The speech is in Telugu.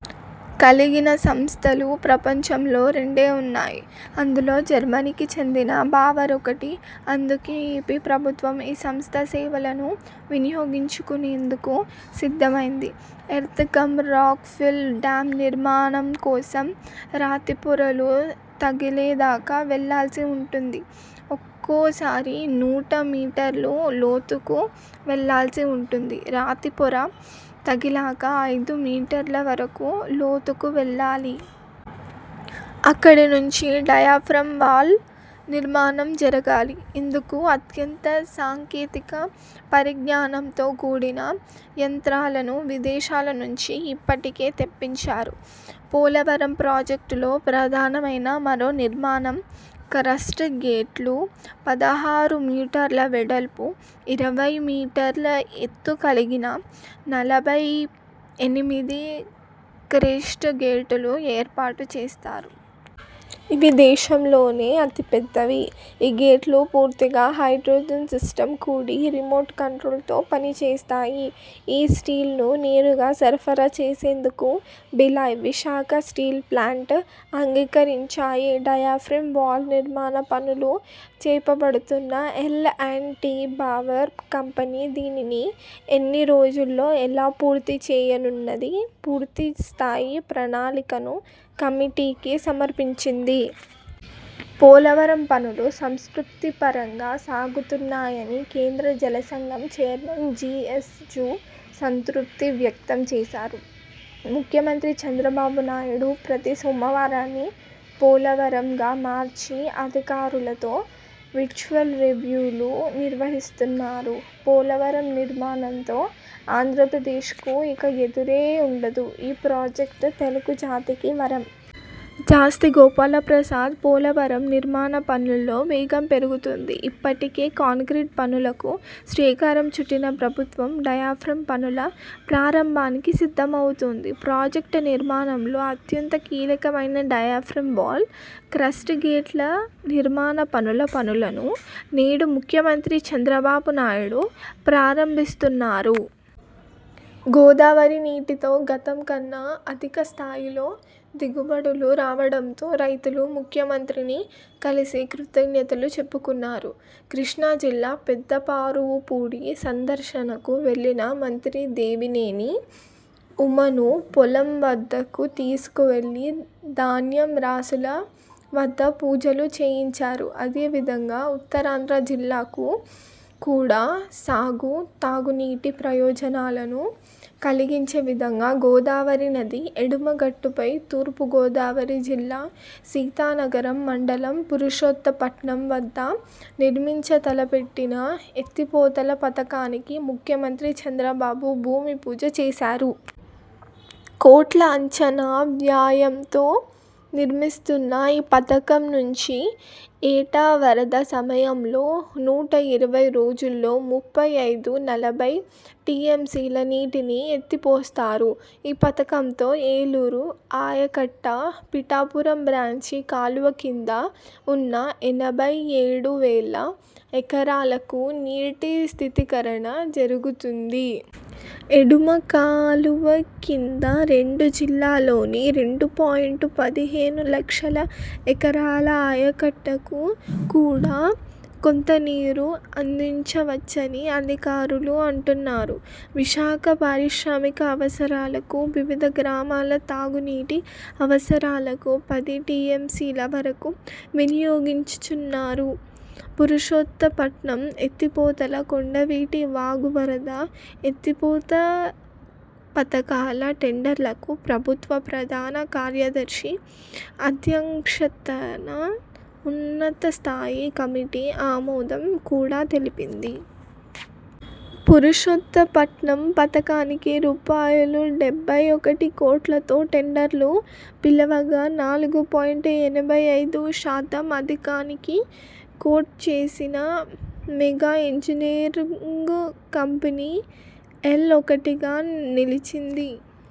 కలిగిన సంస్థలు ప్రపంచంలో రెండే ఉన్నాయి. అందులో జర్మనీకి చెందిన బావర్ ఒకటి. అందుకే ఏపీ ప్రభుత్వం ఈ సంస్థ సేవలను వినియోగించుకునేందుకు సిద్ధమైంది. Earth cum rock fill dam నిర్మాణం కోసం రాతి పొరలు తగిలేదాకా వెళ్లాల్సి ఉంటుంది. ఒక్కోసారి నూట మీటర్ల లోతుకూ వెళ్లాల్సి ఉంటుంది రాతిపొర తగిలాక ఐదు మీటర్ల వరకూ లోతుకు వెళ్లాలి. అక్కడి నుంచి డయాఫ్రాం వాల్ నిర్మాణం జరగాలి. ఇందుకు అత్యంత సాంకేతిక పరిజ్ఞానంతో కూడిన యంత్రాలను విదేశాల నుంచి ఇప్పటికే తెప్పించారు. పోలవరం ప్రాజెక్టులో ప్రధానమైన మరో నిర్మాణం క్రస్ట్ గేట్లు. పదహారు మీటర్ల వెడల్పు, ఇరవై మీటర్ల ఎత్తు కలిగిన నలభై ఎనిమిది క్రిస్ట్ గేట్లు ఏర్పాటు చేస్తారు. ఇవి దేశంలోనే అతి పెద్దవి. ఈ గేట్లు పూర్తిగా హైడ్రోజన్ సిస్టమ్తో కూడి రిమోట్ కంట్రోల్తో పని చేస్తాయి. ఈ స్టీల్ను నేరుగా సరఫరా చేసేందుకు బిలాయ్, విశాఖ స్టీల్ ప్లాంట్లు అంగీకరించాయి. డయాఫ్రాం వాల్ నిర్మాణ పనులు చేపడుతున్న L and T Bauer company దీనిని ఎన్ని రోజుల్లో ఎలా పూర్తి చేయనున్నదీ పూర్తి స్థాయి ప్రణాళికను కమిటీకే సమర్పించింది. పోలవరం పనులు సంస్కూర్ప్తికరంగా సాగుతున్నాయని కేంద్ర జలసంఘం ఛైర్మన్ జి. ఎస్. ఝా సంతృప్తి వ్యక్తం చేశారు. ముఖ్యమంత్రి చంద్రబాబునాయడు ప్రతి సోమవారాన్ని పోల'వారం'గా మార్చి అధికారులతో వీర్చువల్ రివ్యూలు నిర్వహిస్తున్నారు. పోలవరం నిర్మాణంతో ఆంధ్రప్రదేశ్కు ఇక ఎదురే ఉండదు. ఈ ప్రాజెక్టు తెలుగు జాతికి వరం. జాస్తి గోపాల ప్రసాద్ పోలవరం నిర్మాణ పనుల్లో వేగం పెరుగుతోంది. ఇప్పటికే కాంక్రీట్ పనులకు శ్రీకారం చుట్టిన ప్రభుత్వం డయాఫ్రాం పనుల ప్రారంభానికి సిద్ధమవుతోంది. ప్రాజెక్టు నిర్మాణంలో అత్యంత కీలకమైన డయాఫ్రాంవాల్, క్రస్ట్ గేట్ల నిర్మాణ పనుల పనులను నేడు ముఖ్యమంత్రి చంద్రబాబు నాయుడు ప్రారంభిస్తున్నారు. గోదావరి నీటితో గతంకన్నా అధిక స్థాయిలో దిగుబడులు రావడంతో రైతులు ముఖ్యమంత్రిని కలిసి కృతజ్ఞతలు చెప్పుకున్నారు. కృష్ణాజిల్లా పెదపారుపూడి సందర్శనకు వెళ్లిన మంత్రి దేవినేని ఉమను పొలం వద్దకు తీసుకెళ్లి ధాన్యం రాశుల వద్ద పూజలు చేయించారు. అదే విధంగా ఉత్తరాంధ్ర జిల్లాలకు కూడా సాగు, తాగునీటి ప్రయోజనాలు కలిగించే విధంగా గోదావరి నది ఎడమ గట్టుపై తూర్పుగోదావరి జిల్లా సీతానగరం మండలం పురుషోత్త పట్నం వద్ద నిర్మించతలపెట్టిన ఎత్తిపోతల పథకానికి ముఖ్యమంత్రి చంద్రబాబు భూమిపూజ చేశారు.. కోట్ల అంచనా వ్యయంతో నిర్మిస్తున్న ఈ పథకం నుంచి ఏటా వరద సమయంలో నూట ఇరవై రోజుల్లో ముప్పై ఐదు, నలభై టీఎంసీల నీటిని ఎత్తిపోస్తారు. ఈ పథకంతో ఏలేరు ఆయకట్టు, పిఠాపురం బ్రాంచి కాలువ కింద ఉన్న ఎనభై ఏడు వేల ఎకరాలకు నీటి స్థిథీకరణ జరుగుతుంది. ఎడమ కాలువ కింద రెండు జిల్లాల్లోని రెండు పాయింట్ పదిహేను లక్షల ఎకరాల ఆయకట్టుకు కూడా కొంత నీరు అందించవచ్చని అధికారులు అంటున్నారు. విశాఖ పారిశ్రామిక అవసరాలకు, వివిధ గ్రామాల తాగునీటి అవసరాలకు పది టీఎంసీల వరకు వినియోగించనున్నారు. పురుషోత్తపట్నం ఎత్తిపోతల, కొండవీటి వాగు వరద ఎత్తిపోత పథకాల టెండర్లకు ప్రభుత్వ ప్రధాన కార్యదర్శి అధ్యక్షతన ఉన్నతస్థాయి కమిటీ ఆమోదం కూడా తెలిపింది. పురుషోత్త పట్నం పథకానికి రూ..డెబ్బై ఒకటి కోట్లతో టెండర్లు పిలవగా నాలుగు పాయింట్ యాభై ఐదు శాతం అధికానికి కోట్ చేసిన మేఘా ఇంజినీరింగు కంపెనీ ఎల్ఒకటిగా నిలిచింది.